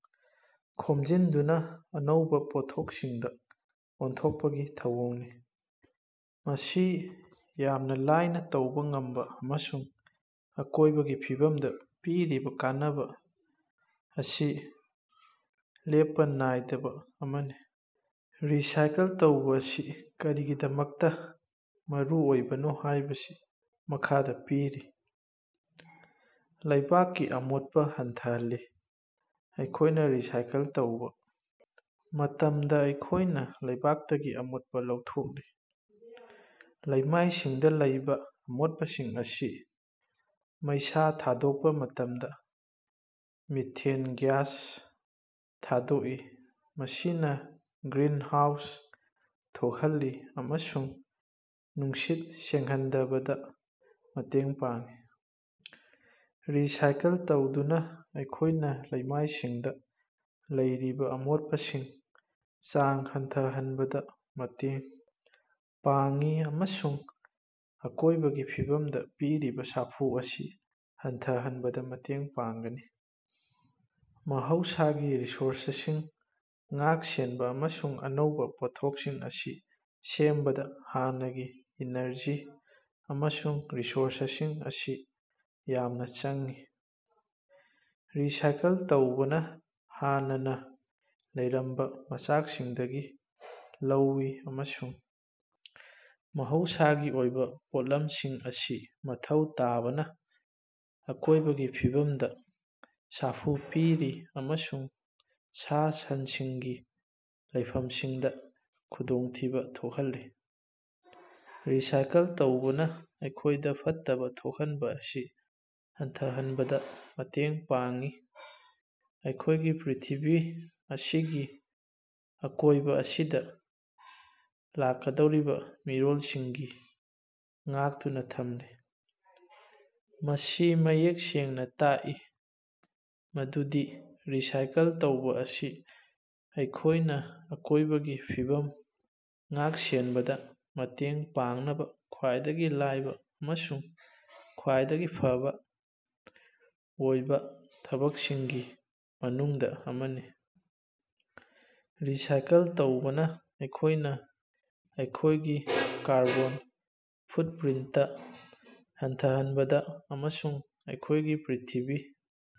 ꯈꯣꯝꯖꯤꯟꯗꯨꯅ ꯑꯅꯧꯕ ꯄꯣꯠꯊꯣꯛꯁꯤꯡꯗ ꯑꯣꯟꯊꯣꯛꯄꯒꯤ ꯊꯧꯑꯣꯡꯅꯤ꯫ ꯃꯁꯤ ꯌꯥꯝꯅ ꯂꯥꯢꯅ ꯇꯧꯕ ꯉꯝꯕ ꯑꯃꯁꯨꯡ ꯑꯀꯣꯢꯕꯒꯤ ꯐꯤꯕꯝꯗ ꯄꯤꯔꯤꯕ ꯀꯥꯟꯅꯕ ꯑꯁꯤ ꯂꯦꯞꯄ ꯅꯥꯏꯗꯕ ꯑꯃꯅꯤ꯫ ꯔꯤꯁꯥꯏꯀꯜ ꯇꯧꯕꯥ ꯑꯁꯤ ꯀꯔꯤꯒꯤꯗꯃꯛꯇ ꯃꯔꯨꯑꯣꯏꯕꯅꯣ ꯍꯥꯢꯕꯁꯤ ꯃꯈꯥꯗ ꯄꯤꯔꯤ: ꯂꯩꯕꯥꯛꯀꯤ ꯑꯃꯣꯠꯄ ꯍꯟꯊꯍꯜꯂꯤ ꯑꯩꯈꯣꯢꯅ ꯔꯤꯁꯥꯏꯀꯜ ꯇꯧꯕꯥ ꯃꯇꯝꯗ ꯑꯩꯈꯣꯢꯅꯥ ꯂꯩꯕꯥꯛꯇꯒꯤ ꯑꯃꯣꯠꯄꯥ ꯂꯧꯊꯣꯛꯂꯤ꯫ ꯂꯩꯃꯥꯏꯁꯤꯡꯗ ꯂꯩꯕꯥ ꯃꯣꯠꯄꯁꯤꯡ ꯑꯁꯤꯅ ꯃꯩꯁꯥ ꯊꯥꯗꯣꯛꯄ ꯃꯇꯝꯗ ꯃꯤꯊꯦꯟ ꯒ꯭ꯌꯥꯁ ꯊꯥꯗꯣꯛꯏ ꯃꯁꯤꯅ ꯒ꯭ꯔꯤꯟ ꯍꯥꯎꯁ ꯊꯣꯛꯍꯜꯂꯤ ꯑꯃꯁꯨꯡ ꯅꯨꯡꯁꯤꯠ ꯁꯦꯡꯍꯟꯗꯕꯗ ꯃꯇꯦꯡ ꯄꯥꯡꯏ꯫ ꯔꯤꯁꯥꯏꯀꯜ ꯇꯧꯗꯨꯅ ꯑꯩꯈꯣꯢꯅ ꯂꯩꯃꯥꯏꯁꯤꯡꯗꯥ ꯂꯩꯔꯤꯕꯥ ꯑꯃꯣꯠꯄꯁꯤꯡ ꯆꯥꯡ ꯍꯟꯊꯍꯟꯕꯗ ꯃꯇꯦꯡ ꯄꯥꯡꯏ ꯑꯃꯁꯨꯡ ꯑꯀꯣꯢꯕꯒꯤ ꯐꯤꯕꯝꯗ ꯄꯤꯔꯤꯕ ꯁꯥꯐꯨ ꯑꯁꯤ ꯍꯟꯊꯍꯟꯕꯗ ꯃꯇꯦꯡ ꯄꯥꯡꯒꯅꯤ꯫ ꯃꯍꯧꯁꯥꯒꯤ ꯔꯤꯁꯣꯔꯁꯁꯤꯡ ꯉꯥꯛ ꯁꯦꯟꯕ ꯑꯃꯁꯨꯡ ꯑꯅꯧꯕꯥ ꯄꯣꯠꯊꯣꯛꯁꯤꯡ ꯑꯁꯤ ꯁꯦꯝꯕꯗ ꯍꯥꯟꯅꯒꯤ ꯏꯅꯔꯖꯤ ꯑꯃꯁꯨꯡ ꯔꯤꯁꯣꯔꯁꯁꯤꯡ ꯑꯁꯤ ꯌꯥꯝꯅ ꯆꯪꯏ꯫ ꯔꯤꯁꯥꯏꯀꯜ ꯇꯧꯕꯅꯥ ꯍꯥꯟꯅꯅ ꯂꯩꯔꯝꯕ ꯃꯆꯥꯛꯁꯤꯡꯗꯒꯤ ꯂꯧꯏ ꯑꯃꯁꯨꯡ ꯃꯍꯧꯁꯥꯒꯤ ꯑꯣꯏꯕ ꯄꯣꯠꯂꯝꯁꯤꯡ ꯑꯁꯤ ꯃꯊꯧ ꯇꯥꯕꯅ ꯑꯀꯣꯏꯕꯒꯤ ꯐꯤꯕꯝꯗ ꯁꯥꯐꯨ ꯄꯤꯔꯤ ꯑꯃꯁꯨꯡ ꯁꯥ-ꯁꯟꯁꯤꯡꯒꯤ ꯂꯩꯐꯝꯁꯤꯡꯗ ꯈꯨꯗꯣꯡꯊꯤꯕ ꯊꯣꯛꯍꯜꯂꯤ꯫ ꯔꯤꯁꯥꯏꯀꯜ ꯇꯧꯕꯅ ꯑꯩꯈꯣꯢꯗ ꯐꯠꯇꯕ ꯊꯣꯛꯍꯟꯕ ꯑꯁꯤ ꯍꯟꯊꯍꯟꯕꯗ ꯃꯇꯦꯡ ꯄꯥꯡꯏ ꯑꯩꯈꯣꯢꯒꯤ ꯄ꯭ꯔꯤꯊꯤꯕꯤ ꯑꯁꯤꯒꯤ ꯑꯀꯣꯏꯕ ꯑꯁꯤꯗ ꯂꯥꯛꯀꯗꯧꯔꯤꯕ ꯃꯤꯔꯣꯜꯁꯤꯡꯒꯤ ꯉꯥꯛꯇꯨꯅ ꯊꯝꯂꯤ꯫ ꯃꯁꯤ ꯃꯌꯦꯛ ꯁꯦꯡꯅ ꯇꯥꯛꯏ ꯃꯗꯨꯗꯤ ꯔꯤꯁꯥꯏꯀꯜ ꯇꯧꯕꯥ ꯑꯁꯤ ꯑꯩꯈꯣꯢꯅꯥ ꯑꯀꯣꯢꯕꯒꯤ ꯐꯤꯕꯝ ꯉꯥꯛ-ꯁꯦꯟꯕꯗ ꯃꯇꯦꯡ ꯄꯥꯡꯅꯕꯥ ꯈ꯭ꯋꯥꯏꯗꯒꯤ ꯂꯥꯢꯕ ꯑꯃꯁꯨꯡ ꯈ꯭ꯋꯥꯏꯗꯒꯤ ꯐꯕ ꯑꯣꯏꯕ ꯊꯕꯛꯁꯤꯡꯒꯤ ꯃꯅꯨꯡꯗ ꯑꯃꯅꯤ꯫ ꯔꯤꯁꯥꯏꯀꯜ ꯇꯧꯕꯥꯅ ꯑꯩꯈꯣꯢꯅ ꯑꯩꯈꯣꯢꯒꯤ ꯀꯥꯔꯕꯣꯟ ꯐꯨꯠꯄ꯭ꯔꯤꯟꯇ ꯍꯟꯊꯍꯟꯕꯗ ꯑꯃꯁꯨꯡ ꯑꯩꯈꯣꯢꯒꯤ ꯄ꯭ꯔꯤꯊꯤꯕꯤ